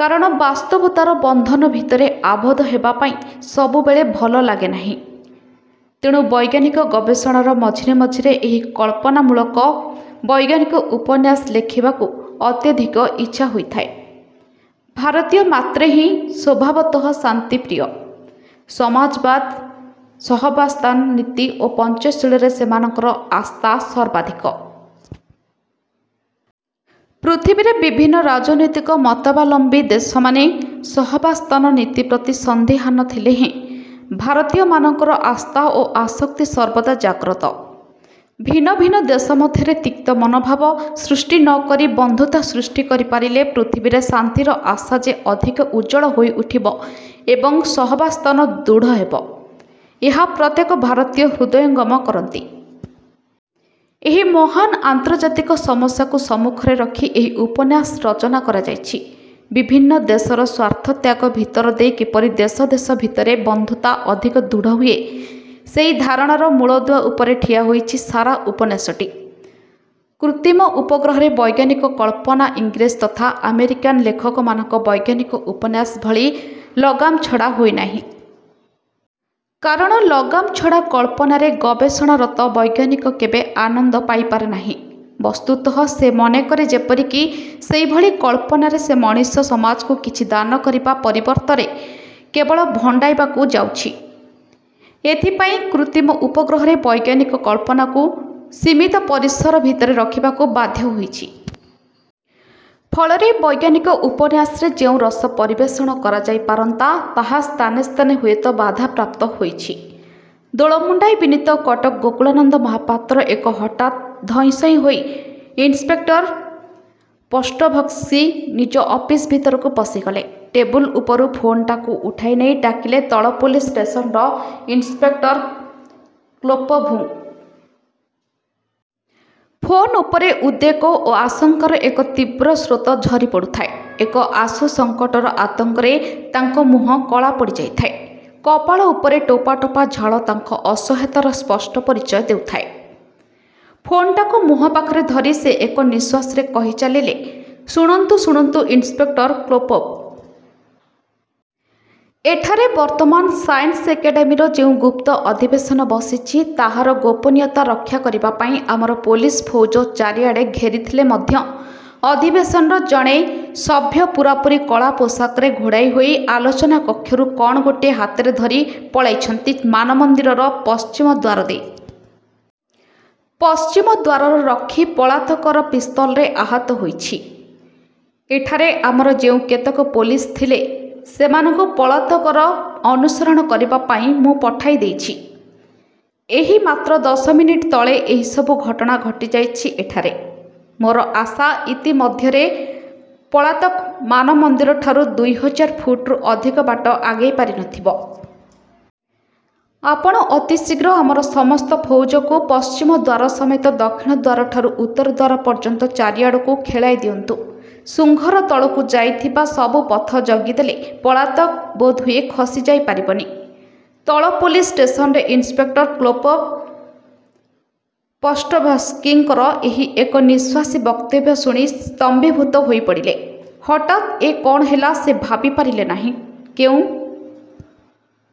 କାରଣ ବାସ୍ତବତାର ବନ୍ଧନ ଭିତରେ ଆବଦ୍ଧ ହେବା ପାଇଁ ସବୁବେଳେ ଭଲ ଲାଗେ ନାହିଁ। ତେଣୁ ବୈଜ୍ଞାନିକ ଗବେଷଣାର ମଝିରେ ମଝିରେ ଏହି କଳ୍ପନାମୂଳକ ବୈଜ୍ଞାନିକ ଉପନ୍ୟାସ ଲେଖିବାକୁ ଅତ୍ୟଧିକ ଇଚ୍ଛା ହୋଇଥାଏ। ଭାରତୀୟ ମାତ୍ରେହିଁ ସ୍ୱଭାବତଃ ଶାନ୍ତିପ୍ରିୟ। ସମାଜବାଦ, ସହାବସ୍ଥାନ ନୀତି ଓ ପଞ୍ଚଶୀଳରେ ସେମାନଙ୍କର ଆସ୍ଥା ସର୍ବାଧିକ। ପୃଥିବୀରେ ବିଭିନ୍ନ ରାଜନୈତିକ ମତାବଲମ୍ୱୀ ଦେଶମାନେ ସହାବସ୍ଥାନ ନୀତି ପ୍ରତି ସନ୍ଦିହାନ ଥିଲେହେଁ ଭାରତୀୟମାନଙ୍କର ଆସ୍ଥା ଓ ଆସକ୍ତି ସର୍ବଦା ଜାଗ୍ରତ। ଭିନ୍ନ ଭିନ୍ନ ଦେଶ ମଧ୍ୟରେ ତିକ୍ତ ମନୋଭାବ ସୃଷ୍ଟି ନ କରି ବନ୍ଧୁତା ସୃଷ୍ଟି କରିପାରିଲେ ପୃଥିବୀରେ ଶାନ୍ତିର ଆଶା ଯେ ଅଧିକ ଉଜ୍ଜ୍ୱଳ ହୋଇଉଠିବ ଏବଂ ସହାବସ୍ଥାନ ଦୃଢ଼ ହେବ, ଏହା ପ୍ରତ୍ୟେକ ଭାରତୀୟ ହୃଦୟଙ୍ଗମ କରନ୍ତି। ଏହି ମହାନ୍ ଆନ୍ତର୍ଜାତିକ ସମସ୍ୟାକୁ ସମ୍ମୁଖରେ ରଖି ଏହି ଉପନ୍ୟାସ ରଚନା କରାଯାଇଛି। ବିଭିନ୍ନ ଦେଶର ସ୍ୱାର୍ଥତ୍ୟାଗ ଭିତରଦେଇ କିପରି ଦେଶ ଦେଶ ଭିତରେ ବନ୍ଧୁତା ଅଧିକ ଦୃଢ଼ ହୁଏ ସେହି ଧାରଣାର ମୂଳଦୁଆ ଉପରେ ଠିଆହୋଇଛି ସାରା ଉପନ୍ୟାସଟି। 'କୃତ୍ରିମ ଉପଗ୍ରହ'ରେ ବୈଜ୍ଞାନିକ କଳ୍ପନା ଇଂରେଜ ତଥା ଆମେରିକାନ୍ ଲେଖକମାନଙ୍କ ବୈଜ୍ଞାନିକ ଉପନ୍ୟାସ ଭଳି ଲଗାମଛଡ଼ା ହୋଇନାହିଁ। କାରଣ ଲଗାମଛଡ଼ା କଳ୍ପନାରେ ଗବେଷଣାରତ ବୈଜ୍ଞାନିକ କେବେ ଆନନ୍ଦ ପାଇପାରେନାହିଁ। ବସ୍ତୁତଃ ସେ ମନେକରେ ଯେପରିକି ସେଭଳି କଳ୍ପନାରେ ସେ ମଣିଷସମାଜକୁ କିଛି ଦାନକରିବା ପରିବର୍ତ୍ତରେ କେବଳ ଭଣ୍ଡାଇବାକୁ ଯାଉଛି। ଏଥିପାଇଁ 'କୃତ୍ରିମ ଉପଗ୍ରହ'ରେ ବୈଜ୍ଞାନିକ କଳ୍ପନାକୁ ସୀମିତ ପରିସର ଭିତରେ ରଖିବାକୁ ବାଧ୍ୟ ହୋଇଛି। ଫଳରେ ବୈଜ୍ଞାନିକ ଉପନ୍ୟାସରେ ଯେଉଁ ରସ ପରିବେଷଣ କରାଯାଇପାରନ୍ତା, ତାହା ସ୍ଥାନେ ସ୍ଥାନେ ହୁଏତ ବାଧାପ୍ରାପ୍ତ ହୋଇଛି। ଦୋଳମୁଣ୍ଡାଇ ବିନୀତ କଟକ ଗୋକୁଳାନନ୍ଦ ମହାପାତ୍ର ଏକ ହଠାତ୍ ଧଇଁସଇଁ ହୋଇ ଇନ୍ସପେକ୍ଟର ପଷ୍ଟୋଭସ୍କି ନିଜ ଅଫିସ ଭିତରକୁ ପଶିଗଲେ। ଟେବୁଲ୍ ଉପରୁ ଫୋନ୍ଟାକୁ ଉଠାଇ ନେଇ ଡାକିଲେ ତଳ ପୋଲିସ ଷ୍ଟେସନର ଇନ୍ସପେକ୍ଟର କ୍ଲୋପୋଭ୍ଙ୍କୁ। ଫୋନ୍ ଉପରେ ଉଦ୍ବେଗ ଓ ଆଶଙ୍କାର ଏକ ତୀବ୍ର ସ୍ରୋତ ଝରିପଡ଼ୁଥାଏ। ଏକ ଆଶୁ ସଙ୍କଟର ଆତଙ୍କରେ ତାଙ୍କ ମୁହଁ କଳା ପଡ଼ିଯାଇଥାଏ। କପାଳ ଉପରେ ଟୋପା ଟୋପା ଝାଳ ତାଙ୍କ ଅସହାୟତାର ସ୍ପଷ୍ଟ ପରିଚୟ ଦେଉଥାଏ। ଫୋନ୍ଟାକୁ ମୁହଁ ପାଖରେ ଧରି ସେ ଏକନିଶ୍ୱାସରେ କହି ଚାଲିଲେ-''ଶୁଣନ୍ତୁ, ଶୁଣନ୍ତୁ ଇନ୍ସପେକ୍ଟର କ୍ଳୋପୋଭ୍। ଏଠାରେ ବର୍ତ୍ତମାନ ସାଏନ୍ସ ଏକାଡ଼େମୀର ଯେଉଁ ଗୁପ୍ତ ଅଧିବେଶନ ବସିଛି, ତାହାର ଗୋପନୀୟତା ରକ୍ଷା କରିବା ପାଇଁ ଆମର ପୋଲିସ ଫୌଜ ଚାରିଆଡ଼େ ଘେରିଥିଲେ ମଧ୍ୟ, ଅଧିବେଶନର ଜଣେ ସଭ୍ୟ ପୂରାପୂରି କଳା ପୋଷାକରେ ଘୋଡ଼ାଇହୋଇ ଆଲୋଚନାକକ୍ଷରୁ କ'ଣ ଗୋଟିଏ ହାତରେ ଧରି ପଳାଇଛନ୍ତି ମାନମନ୍ଦିରର ପଶ୍ଚିମଦ୍ୱାର ଦେଇ। ପଶ୍ଚିମଦ୍ୱାରର ରକ୍ଷୀ ପଳାତକର ପିସ୍ତଲରେ ଆହତ ହୋଇଛି। ଏଠାରେ ଆମର ଯେଉଁ କେତେକ ପୋଲିସ ଥିଲେ, ସେମାନଙ୍କୁ ପଳାତକର ଅନୁସରଣ କରିବା ପାଇଁ ମୁଁ ପଠାଇଦେଇଛି। ଏଇ ମାତ୍ର ଦଶମିନିଟ୍ ତଳେ ଏହିସବୁ ଘଟଣା ଘଟିଯାଇଛି ଏଠାରେ। ମୋର ଆଶା, ଇତି ମଧ୍ୟରେ ପଳାତକ ମାନମନ୍ଦିରଠାରୁ ଦୁଇହଜାର ଫୁଟରୁ ଅଧିକ ବାଟ ଆଗେଇ ପାରିନଥିବ। ଆପଣ ଅତିଶୀଘ୍ର ଆମର ସମସ୍ତ ଫୌଜକୁ ପଶ୍ଚିମଦ୍ୱାର ସମେତ ଦକ୍ଷିଣଦ୍ୱାରଠାରୁ ଉତ୍ତରଦ୍ୱାର ପର୍ଯ୍ୟନ୍ତ ଚାରିଆଡ଼କୁ ଖେଳାଇ ଦିଅନ୍ତୁ। ଶୃଙ୍ଗର ତଳକୁ ଯାଇଥିବା ସବୁ ପଥ ଜଗିଦେଲେ ପଳାତକ ବୋଧହୁଏ ଖସିଯାଇ ପାରିବନି। '' ତଳ ପୋଲିସ ଷ୍ଟେସନରେ ଇନ୍ସପେକ୍ଟର କ୍ଳୋପୋଭ୍ ପଷ୍ଟୋଭସ୍କିଙ୍କର ଏହି ଏକନିଶ୍ୱାସୀ ବକ୍ତବ୍ୟ ଶୁଣି ସ୍ତମ୍ଭୀଭୂତ ହୋଇପଡ଼ିଲେ। ହଠାତ୍ ଏ କ'ଣ ହେଲା ସେ ଭାବିପାରିଲେ ନାହିଁ। କେଉଁ